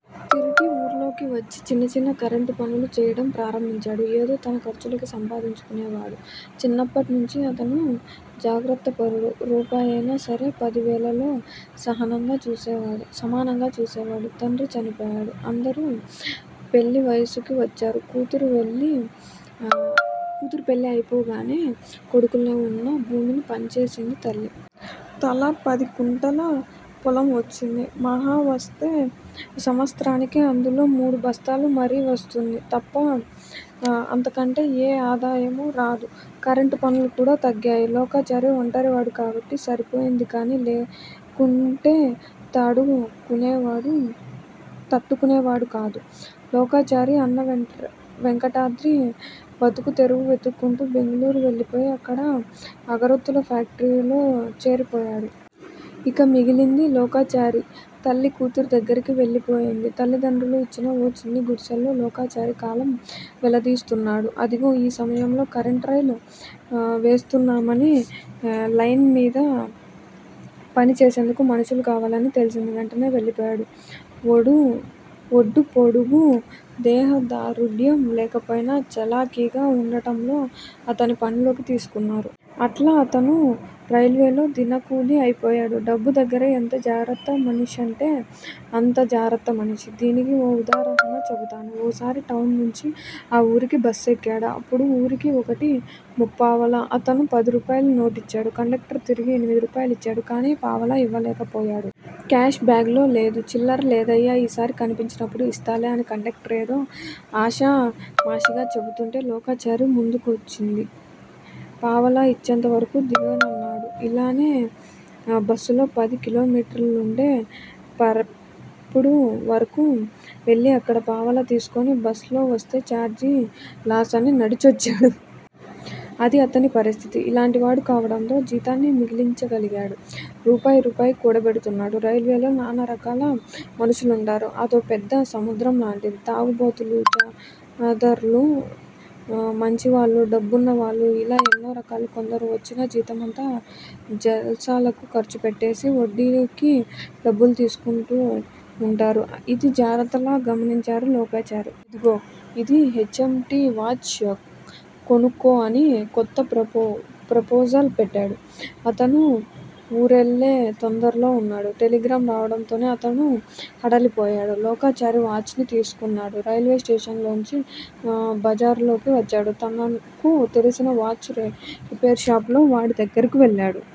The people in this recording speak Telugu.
తిరిగి ఊర్లోకివచ్చి చిన్న చిన్న కరెంటుపనులు చేయడం ప్రారంభించాడు. ఏదో తన ఖర్చులకి సంపాందించునేవాడు. చిన్నప్పట్నించీ అతను జాగ్రత్తపరుడు. రూపాయి అయినా సరే పదివేలతో సమానంగా చూసేవాడు. తండ్రి చనిపోయాడు. అందరూ పెళ్ళి వయసుకి వచ్చారు. కూతురి పెళ్ళి అయిపోగానే కొడుకులకి వున్న భూమిని పంచేసింది తల్లి. తలా పదికుంటల పొలం వచ్చింది. మహావస్తే సంవత్సరానకి అందులో మూడు బస్తాల వరి వస్తుంది తప్ప అంతకంటే ఏ ఆదాయమూ రాదు. కరెంటు పనులు కూడా తగ్గాయి. లోకాచారి ఒంటరివాడు కాబట్టి సరిపోయిందిగానీ లేకుంటేతట్టు కునేవాడు కాదు. లోకాచారి అన్న వెంకటాద్రి బతుకుతెరువు వెతుక్కుంటూ బెంగుళూరు వెళ్ళిపోయి అక్కడో ఆగరత్తుల ఫ్యాక్టరీలోచేరి పోయాడు. ఇక మిగిలింది లోకాచారి. తల్లి కూతురి దగ్గిరికి వెళ్ళి పోయింది. తల్లిదండ్రులు ఇచ్చిన ఓ చిన్న గుడిసెలో లోకాచారి కాలం వెళ్ళదీస్తున్నాడు. అదిగో ఆ మమయంలో కరెంట్ రైల్ వేస్తున్నామని, లైన్ మీద పని చేసేందుకు మనుషులు కావాలని తెలిసింది. వెంటనే వెళ్ళిపోయాడు. ఒడ్డూ పొడుగూ, దేహదారుఢ్యం లేకపోయినా చలాకీగా వుండటంతో అతన్ని పనిలోకి తీసుకున్నారు. అట్లా అతను రైల్వేలో దినకూలీ అయిపోయాడు. డబ్బు దగ్గర ఎంత జాగ్రత్తమనిషంటే అంత జాగ్రత్త మనిషి. దీనికీ ఒక ఉదాహరణ చెబుతాను. ఓ సారి టౌన్ నుంచి ఈ వూరికి బస్సెక్కాడు. అప్పుడు వూరికి ఒకటీ ముప్పావలా. అతను పదిరూపాయల నోటిచ్చాడు. కండక్టర్ తిరిగి ఎనిమిది రూపాయలు ఇచ్చాడు గానీ పావలా ఇవ్వలేకపోయాడు. క్యాష్ బాగ్ లో లేదు. చిల్లర లేదయ్యా ఈసారి కనిపించినప్పుడు ఇస్తాలే అని కండక్టర్ ఏదో ఆషామాషీగా చెబుతుంటే లోకాచారికి ముంచుకొచ్చింది. పావలా ఇచ్చేంత వరకు దిగనన్నాడు. అలానే బస్సులో పది కిలోమీటర్లుండే పర్పేడు వరకు వెళ్ళి అక్కడ పావలా తీసుకుని ఒస్ లో వస్తే ఛార్జీ లాస్ అని నడిచొచ్చాడు. అదీ అతని పరిస్థితి. ఇలాంటివాడు కావడంతో జీతాన్ని మిగిలించగలిగాడు. రూపాయి రూపాయి కూడబెటుతున్నాడు. రైల్వేలో నానా రకాల మనుషులుంటారు. అదోపెద్ద సముద్రం లాంటిది. తాగుబోతులూ, జాదర్లు, మంచివాళ్ళు, డబ్బున్నవాళ్ళు- యిలా ఎన్నోరకాలు. కొందరు వచ్చిన జీతమంతా జల్సాలకు ఖర్చుపెట్టేసి వడ్డీకి డబ్బులు తీసుకుంటూవుంటారు. ఇది జాగ్రత్తగా గమనించాడు లోకాచారి. ఇదిగో ఇది హెచ్. ఎం. టి. వాచ్ కొనుక్కో అని కొత్త ప్రపోజల్ పెట్టాడు. అతను వూరెళ్ళే తొందరలో వున్నాడు. టెలిగ్రాం రావడంతోనే అతను హడలిపోయాడు. లోకాచారి వాచ్ ని తీసుకున్నాడు. రైల్వే స్టేషన్ లోంచి బజారులోకి వచ్చాడు. తనకు తెలిసిన వాచ్ రిపేరు షాపు వాడి దగ్గరికి వెళ్ళాడు.